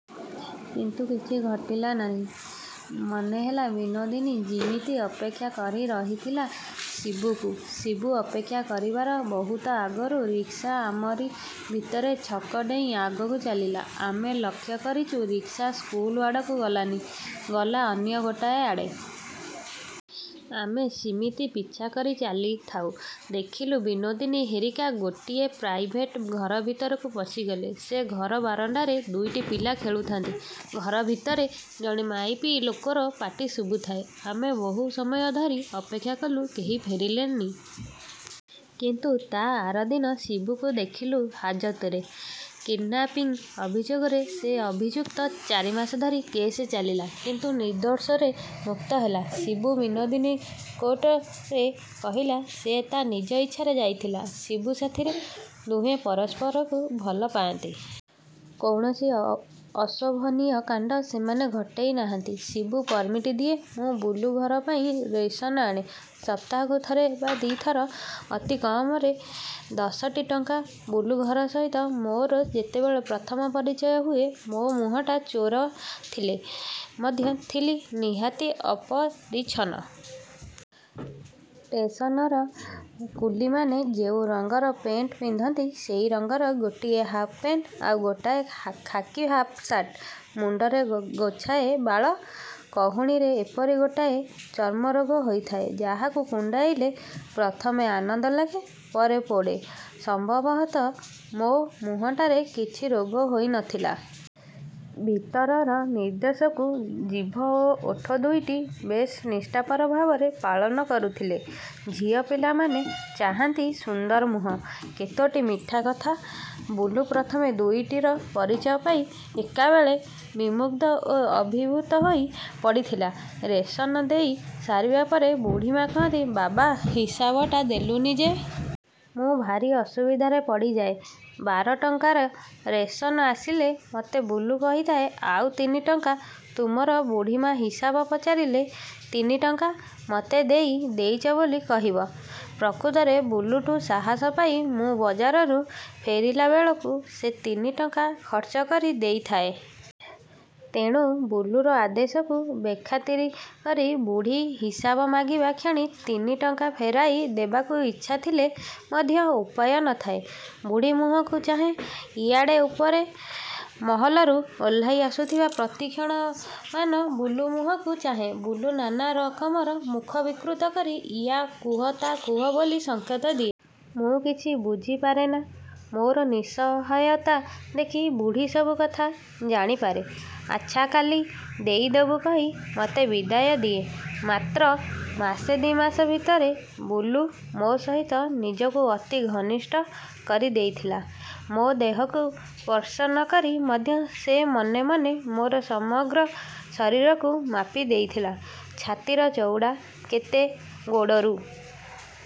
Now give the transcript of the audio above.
କିନ୍ତୁ କିଛି ଘଟିଲାନି। ମନେ ହେଲା ବିନୋଦିନୀ ଯିମିତି ଅପେକ୍ଷା କରି ରହିଥିଲା ଶିବୁକୁ, ଶିବୁ ଅପେକ୍ଷା କରିବାର ବହୁତ ଆଗରୁ। ରିକ୍ସା ଆମରି ଭିତରେ ଛକ ଡେଇଁ ଆଗକୁ ଚାଲିଲା। ଆମେ ଲକ୍ଷ୍ୟ କରିଚୁ ରିକ୍ସା ସ୍କୁଲ ଆଡ଼କୁ ଗଲାନି। ଗଲା ଅନ୍ୟ ଗୋଟାଏ ଆଡ଼େ। ଆମେ ସିମିତି ପିଛା କରି ଚାଲିଥାଉ। ଦେଖିଲୁ ବିନୋଦିନୀ ହେରିକା ଗୋଟିଏ ପ୍ରାଇଭେଟ ଘରଭିତରକୁ ପଶିଗଲେ। ସେ ଘର ବାରଣ୍ଡାରେ ଦୁଇଟି ପିଲା ଖେଳୁଥାନ୍ତି। ଘର ଭିତରେ ଜଣେ ମାଇପି ଲୋକର ପାଟି ଶୁଭୁଥାଏ। ଆମେ ବହୁ ସମୟ ଧରି ଅପେକ୍ଷା କଲୁ କେହି ଫେରିଲେ ନି। କିନ୍ତୁ ତା ଆରଦିନ ଶିବୁକୁ ଦେଖିଲୁ ହାଜତରେ। କିଡ୍ନାପିଙ୍ଗ୍ ଅଭିଯୋଗରେ ସେ ଅଭିଯୁକ୍ତ। ଚାରିମାସ ଧରି କେସ୍ ଚାଲିଲା। କିନ୍ତୁ ନିର୍ଦ୍ଦୋଷରେ ମୁକ୍ତ ହେଲା ଶିବୁ। ବିନୋଦିନୀ କୋର୍ଟରେ କହିଲା ସେ ତା ନିଜ ଇଚ୍ଛାରେ ଯାଇଥିଲା ଶିବୁ ସାଥିରେ। ଦୁହେଁ ପରସ୍ପରକୁ ଭଲ ପାଆନ୍ତି। କୌଣସି ଅଶୋଭନୀୟ କାଣ୍ଡ ସେମାନେ ଘଟେଇ ନାହାଁନ୍ତି। ଶିବୁ ପରମିଟ୍ ଦିଏ, ମୁଁ ବୁଲୁ ଘର ପାଇଁ ରେସନ ଆଣେ। ସପ୍ତାହକୁ ଥରେ ବା ଦି ଥର-। ଅତି କମରେ ଦଶଟି ଟଙ୍କା। ବୁଲୁ ଘର ସହିତ ମୋର ଯେତେବେଳେ ପ୍ରଥମ ପରିଚୟ ହୁଏ ମୋ ମୁହଁଟା ଚୋରା ଥିଲେ ମଧ୍ୟ ଥିଲି ନିହାତି ଅପରିଚ୍ଛନ୍ନ। ଷ୍ଟେସନର କୁଲିମାନେ ଯେଉଁ ରଂଗର ପେଣ୍ଟ ପିନ୍ଧନ୍ତି, ସେଇ ରଂଗର ଗୋଟିଏ ହାପ୍ ପେଣ୍ଟ, ଆଉ ଗୋଟାଏ ଖାକି ହାପ୍ ଶାର୍ଟ। ମୁଣ୍ଡରେ ଗୋଛାଏ ବାଳ। କହୁଣୀରେ ଏପରି ଗୋଟାଏ ଚର୍ମରୋଗ ହୋଇଥାଏ ଯାହାକୁ କୁଣ୍ଡାଇଲେ ପ୍ରଥମେ ଆନନ୍ଦ ଲାଗେ, ପରେ ପୋଡ଼େ। ସମ୍ଭବତଃ ମୋ ମୁହଁଟାରେ କିଛି ରୋଗ ହୋଇ ନଥିଲା। ଭିତରର ନିର୍ଦ୍ଦେଶକୁ ଜିଭ ଓ ଓଠ ଦୁଇଟି ବେଶ ନିଷ୍ଠାପର ଭାବରେ ପାଳନ କରୁଥିଲେ। ଝିଅ ପିଲାମାନେ ଚାହାନ୍ତି ସୁନ୍ଦର ମୁହଁ, କେତୋଟି ମିଠାକଥା। ବୁଲୁ ପ୍ରଥମେ ଦୁଇଟିର ପରିଚୟ ପାଇ ଏକାବେଳକେ ବିମୁଗ୍ଧ ଓ ଅଭିଭୂତ ହୋଇ ପଡ଼ିଥିଲା। ରେଶନ ଦେଇ ସାରିବା ପରେ ବୁଢ଼ୀମା କହନ୍ତି, ବାବା ହିସାବଟା ଦେଲୁନି ଯେ! ମୁଁ ଭାରି ଅସୁବିଧାରେ ପଡ଼ିଯାଏ। ବାର ଟଙ୍କାର ରେଶନ ଆସିଲେ ମତେ ବୁଲୁ କହିଥାଏ, ଆଉ ତିନି ଟଙ୍କା ତୁମର, ବୁଢ଼ୀମା ହିସାବ ପଚାରିଲେ, ତିନି ଟଙ୍କା ମତେ ଦେଇ ଦେଇଚ ବୋଲି କହିବ। ପ୍ରକୃତରେ ବୁଲୁଠୁ ସାହସ ପାଇ ମୁଁ ବଜାରରୁ ଫେରିଲା ବେଳକୁ ସେ ତିନି ଟଙ୍କା ଖର୍ଚ୍ଚ କରି ଦେଇଥାଏ। ତେଣୁ ବୁଲୁର ଆଦେଶକୁ ବେଖାତିର କରି, ବୁଢ଼ୀ ହିସାବ ମାଗିବା କ୍ଷଣି ତିନି ଟଙ୍କା ଫେରାଇ ଦେବାକୁ ଇଚ୍ଛା ଥିଲେ ମଧ୍ୟ ଉପାୟ ନ ଥାଏ। ବୁଢ଼ୀ ମୁହଁକୁ ଚାହେଁ। ଇଆଡ଼େ ଉପର ମହଲାରୁ ଓହ୍ଲାଇ ଆସୁଥିବା ପ୍ରତୀକ୍ଷମାଣ ବୁଲୁ ମୁହଁକୁ ଚାହେଁ। ବୁଲୁ ନାନା ରକମର ମୁଖ ବିକୃତ କରି ଇୟା କୁହ ତା କୁହ ବୋଲି ସଂକେତ ଦିଏ। ମୁଁ କିଛି ବୁଝି ପାରେନା। ମୋର ନିଃସହାୟତା ଦେଖି ବୁଢ଼ୀ ସବୁ କଥା ଜାଣିପାରେ। ଆଚ୍ଛା କାଲି ଦେଇଦେବୁ କହି ମତେ ବିଦାୟ ଦିଏ। ମାତ୍ର ମାସେ ଦି ମାସ ଭିତରେ ବୁଲୁ ମୋ ସହିତ ନିଜକୁ ଅତି ଘନିଷ୍ଠ କରି ଦେଇଥିଲା। ମୋ ଦେହକୁ ସ୍ପର୍ଶ ନ କରି ମଧ୍ୟ ସେ ମନେ ମନେ ମୋର ସମଗ୍ର ଶରୀରକୁ ମାପି ଦେଇଥିଲା। ଛାତିର ଚଉଡ଼ା କେତେ, ଗୋଡ଼ରୁ